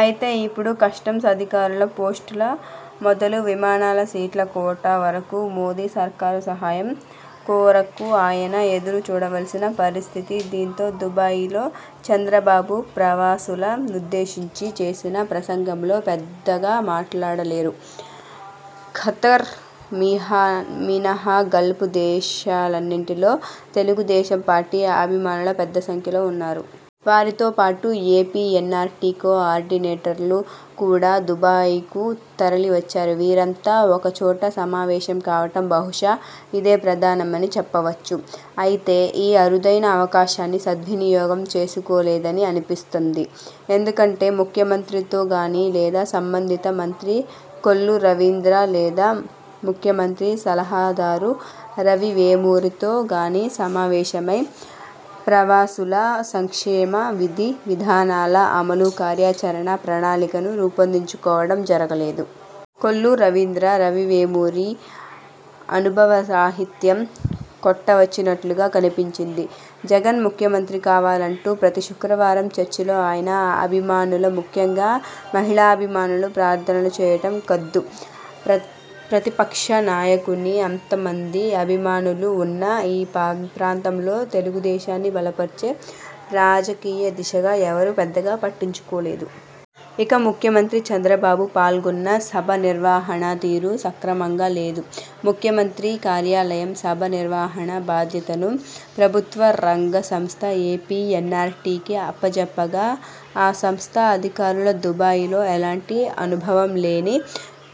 అయితే ఇప్పుడు కస్టమ్స్ అధికారుల పోస్టుల మొదలు విమానాల సీట్ల కోటా వరకు మోదీ సర్కారు సహాయం కొరకు ఆయన ఎదురు చూడవల్సిన పరిస్థితి. దీంతో దుబాయిలో చంద్రబాబు ప్రవాసుల నుద్దేశించి చేసిన ప్రసంగంలో పెద్దగా మాట్లాడలేదు. ఖతర్ మినహా గల్ఫ్ దేశాలన్నింటిలోనూ తెలుగు దేశం పార్టీ అభిమానులు పెద్ద సంఖ్యలో వున్నారు. వారితో పాటు ఏపీ ఎన్నార్టీ కో ఆర్డినేటర్లు కూడా దుబాయికు తరలి వచ్చారు. వీరంతా ఒకచోట సమావేశం కావడం బహుశా ఇదే ప్రథమని చెప్పవచ్చు. అయితే ఈ అరుదైన అవకాశాన్ని సద్వినియోగం చేసుకోలేదని అనిపిస్తుంది. ఎందుకంటే ముఖ్యమంత్రితో గానీ లేదా సంబంధిత మంత్రి కొల్లు రవీంద్ర లేదా ముఖ్యమంత్రి సలహాదారు రవి వేమూరితో గానీ సమావేశమై ప్రవాసుల సంక్షేమ విధి విధానాల అమలు, కార్యాచరణ ప్రణాళికను రూపొందించుకోవడం జరగలేదు. కొల్లు రవీంద్ర, రవి వేమూరి అనుభవరాహిత్యం కొట్టవచ్చినట్లుగా కనిపించింది. జగన్ ముఖ్యమంత్రి కావాలంటూ ప్రతి శుక్రవారం చర్చిలలో ఆయన అభిమానులు ముఖ్యంగా మహిళాభిమానులు ప్రార్థనలు చేయడం కద్దు. ప్రతిపక్ష నాయకునికి అంతమంది అభిమానులు ఉన్న ఈ ప్రాంతంలో తెలుగుదేశాన్ని బలపర్చే రాజకీయ దిశగా ఎవరు పెద్దగా పట్టించుకోలేదు. ఇక ముఖ్యమంత్రి చంద్రబాబు పాల్గొన్న సభ నిర్వహణ తీరు సక్రమంగా లేదు. ముఖ్యమంత్రి కార్యాలయం సభా నిర్వహణ బాధ్యతను ప్రభుత్వ రంగ సంస్థ ఏపీ ఎన్నార్టీకి అప్పజెప్పగా ఆ సంస్థ అధికారులు దుబాయిలో ఏలాంటి అనుభవం లేని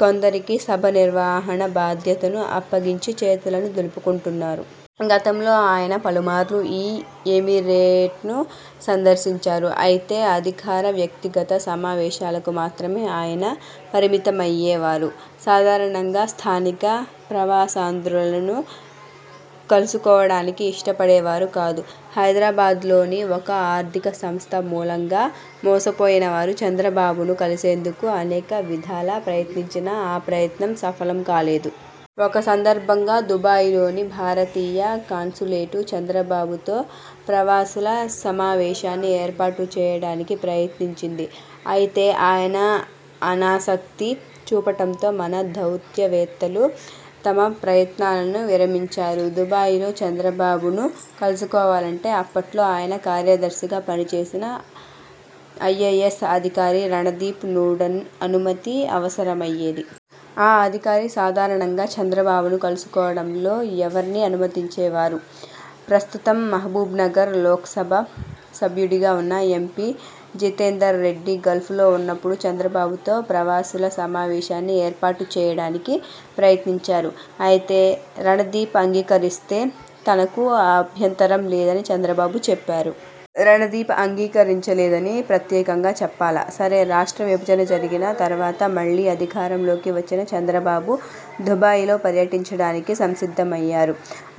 కొందరికి సభ నిర్వహణ బాధ్యతను అప్పగించి చేతులు దులుపుకున్నారు. గతంలో ఆయన పలుమార్లు ఈ ఎమిరేట్ను సందర్శించారు. అయితే అధికారిక, వ్యక్తిగత సమావేశాలకు మాత్రమే ఆయన పరిమితమమ్యే వారు. సాధారణంగా స్థానిక ప్రవాసాంధ్రులను కలుసుకోవడానికి ఇష్టపడేవారు కాదు. హైదరాబాద్లోని ఒక ఆర్థిక సంస్థ మూలంగా మోసపోయినవారు చంద్రబాబును కలిసేందుకు అనేక విధాల ప్రయత్నించినా ఆ ప్రయత్నం సఫలం కాలేదు. ఒక సందర్భంగా దుబాయిలోని భారతీయ కాన్సులేటు, చంద్రబాబుతో ప్రవాసుల సమావేశాన్ని ఏర్పాటు చేయడానికి ప్రయత్నించింది. అయితే ఆయన ఆనాసక్తి చూపడంతో మన దౌత్యవేత్తలు తమ ప్రయత్నాలను విరమించారు. దుబాయిలో చంద్రబాబును కలుసుకోవాలంటే అప్పట్లో ఆయన కార్యదర్శిగా పని చేసిన ఐఏయస్ అధికారి రణదీప్ సూడన్ అనుమతి అవసరమయ్యేది. ఆ అధికారి సాధారణంగా చంద్రబాబును కలుసుకోవడానికి ఎవర్నీ అనుమతించే వారు. ప్రస్తుతం మహబూబ్నగర్ లోక్సభ సభ్యుడిగా ఉన్న ఎ. పి. జితేందర్ రెడ్డి గల్్ఫలో ఉన్నప్పుడు చంద్రబాబుతో ప్రవాసుల సమావేశాన్ని ఏర్పాటు చేయడానికి ప్రయత్నించారు. అయితే రణదీప్ అంగీకరిస్తే తనకు అభ్యంతరం లేదని చంద్రబాబు చెప్పారు. రణదీప్ అంగీకరించలేదని ప్రత్యేకంగా చెప్పాలా? సరే, రాష్ట్ర విభజన జరిగిన తర్వాత మళ్ళీ అధికారంలోకి వచ్చిన చంద్రబాబు దుబాయిలో పర్యటించడానికి సంసిద్ధమయ్యారు.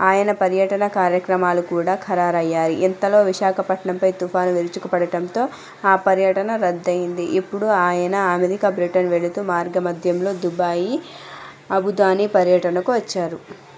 ఆయన పర్యటన కార్యక్రమాలు కూడా ఖరారయ్యాయి. ఇంతలో విశాఖపట్నంపై తుఫాను విరుచుకుపడడంతో ఆ పర్యటన రద్దయింది. ఇప్పుడు ఆయన అమెరికా, బ్రిటన్ వెళుతూ మార్గమధ్యంలో దుబాయి, ఆబుధాబి పర్యటనకు వచ్చారు.